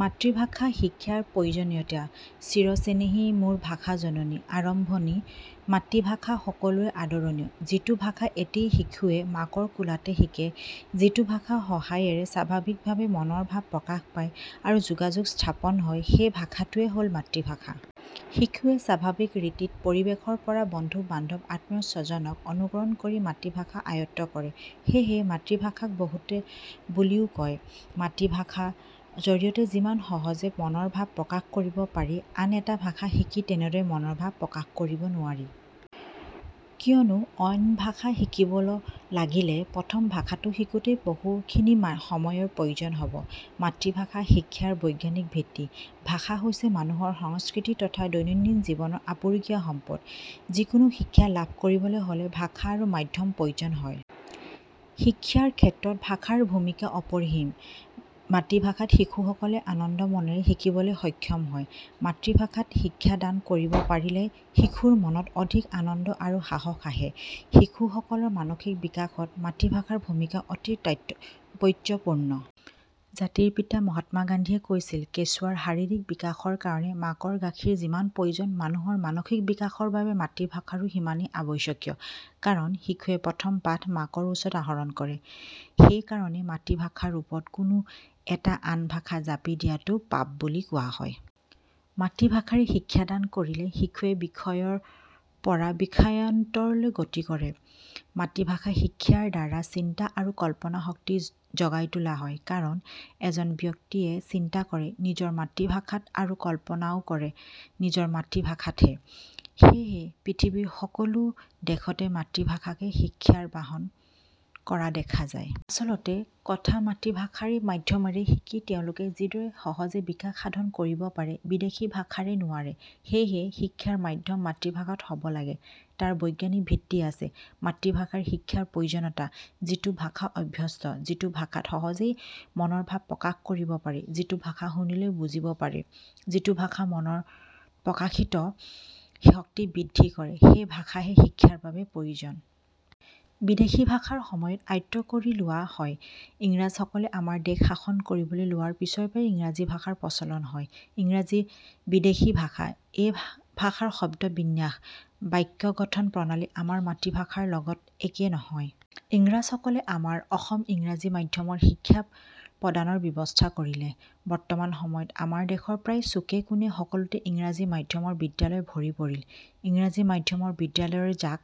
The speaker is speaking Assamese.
মাতৃভাষা শিক্ষাৰ প্ৰয়োজনীয়তা " চিৰ চেনেহী মোৰ ভাষা জননী" আৰম্ভণি – মাতৃভাষা সকলোৰে আদৰণীয়। যিটো ভাষা এটি শিশুৱে মাকৰ কোলাতে শিকে, যিটো ভাষাৰ সহায়েৰে স্বাভাৱিক ভাৱে মনৰ ভাৱ প্ৰকাশ পায় আৰু যোগাযোগ স্থাপন হয় সেই ভাষাটোৱে হল মাতৃভাষা। শিশুৱে স্বাভাৱিক ৰীতিত পৰিৱেশৰ পৰা, বন্ধু – বান্ধব, আত্মীয়স্বজক অনুকৰণ কৰি মাতৃভাষা আয়ত্ব কৰে। সেয়ে মাতৃভাষাক বহুতে বুলিও কয়। মাতৃভাষা জৰিয়তে যিমান সহজে মনৰ ভাৱ প্ৰকাশ কৰিব পাৰি আন এটা ভাষা শিকি তেনেদৰে মনৰ ভাৱ প্ৰকাশ কৰিব নোৱাৰি। কিয়নো অইন ভাষা শিকিব লাগিলে প্ৰথমে ভাষাটো শিকোতেই বহু খিনি সময়ৰ প্ৰয়োজন হব। মাতৃভাষা শিক্ষাৰ বৈজ্ঞানিক ভিত্তি – ভাষা হৈছে মানুহৰ সংস্কৃতি তথা দৈনন্দিন জীৱনৰ আপুৰুগীয়া সম্পদ। যিকোনো শিক্ষা লাভ কৰিবলৈ হলে ভাষা বা মাধ্যম প্ৰয়োজন হয়। শিক্ষাৰ ক্ষেত্ৰত ভাষাৰ ভূমিকা অপৰিসীম। মাতৃভাষাত শিশু সকলে আনন্দ মনেৰে শিকিবলৈ সক্ষম হয়। মাতৃভাষাত শিক্ষা দান কৰিব পাৰিলে শিশুৰ মনত অধিক আনন্দ আৰু সাহস আহে। শিশু সকলৰ মানসিক বিকাশত মাতৃভাষাৰ ভূমিকা অতি তাৎপৰ্যপূৰ্ণ। জাতিৰ পিতা মহাত্মা গান্ধীয়ে কৈছিল "কেঁচুৱাৰ শাৰীৰিক বিকাশৰ কাৰণে মাকৰ গাখীৰ যিমান প্ৰয়োজন, মানুহৰ মানসিক বিকাশৰ বাবে মাতৃভাষাৰো সিমানেই আৱশ্যক কাৰণ শিশুৱে প্ৰথম পাঠ মাকৰ ওচৰত আহৰণ কৰে। সেই কাৰণে মাতৃভাষাৰ ওপৰত কোনো এটা আন ভাষা জাপি দিয়াটো পাপ বুলি কোৱা হয়। " মাতৃভাষাৰে শিক্ষাদান কৰিলে শিশুৱে বিষয়ৰ পৰা বিষয়ান্তৰলৈ গতি কৰে। মাতৃভাষা শিক্ষাৰ দ্বাৰা চিন্তা আৰু কল্পনা শক্তি জগাই তোলা হয়। কাৰণ এজন ব্যক্তিয়ে চিন্তা কৰে নিজৰ মাতৃভাষাত আৰু কল্পনাও কৰে নিজৰ মাতৃভাষাতহে। সেইহে পৃথিৱীৰ সকলো দেশতে মাতৃভাষাকে শিক্ষাৰ বাহন কৰা দেখা যায়। আচল কথা মাতৃভাষাৰ মাধ্যমেৰে শিকি তেওঁলোকে যিদৰে সহজে বিকাশ সাধন কৰিব পাৰে বিদেশী ভাষাৰে নোৱাৰে। সেইহে শিক্ষাৰ মাধ্যম মাতৃভাষাত হব লাগে তাৰ বৈজ্ঞানিক ভিত্তি আছে। মাতৃভাষাৰ শিক্ষাৰ প্ৰয়োজনীয়তা – যিটো ভাষাত অভ্যস্ত, যিটো ভাষাত সহজেই মনৰ ভাৱ প্ৰকাশ কৰিব পাৰি, যিটো ভাষা শুনিলেই বুজি পাব পাৰি, যিটো ভাষাই মনৰ প্ৰকাশিত শক্তি বৃদ্ধি কৰে, সেই ভাষাহে শিক্ষাৰ বাবে প্ৰয়োজন। বিদেশী ভাষাৰ সময়ত আয়ত্ব কৰি লোৱা হয়। ইংৰাজ সকলে আমাৰ দেশ শাসন কৰিবলৈ লোৱাৰ পিছৰে পৰা ইংৰাজী ভাষাৰ প্ৰচলন হল। ইংৰাজী বিদেশী ভাষা। সেই ভাষা শব্দ বিন্যাস, বাক্য গঠন প্ৰণালী আমাৰ মাতৃভাষাৰ লগত একে নহয়। ইংৰাজ সকলে আমাৰ অসম ইংৰাজী মাধ্যমৰ শিক্ষাৰ প্ৰদানৰ ব্যৱস্থা কৰিলে। বৰ্তমান সময়ত আমাৰ দেশৰ প্ৰায় চুকে কোনে সকলোতে ইংৰাজী মাধ্যমৰ বিদ্যালয় ভৰি পৰিল। ইংৰাজী মাধ্যমৰ বিদ্যালয়ৰ জাক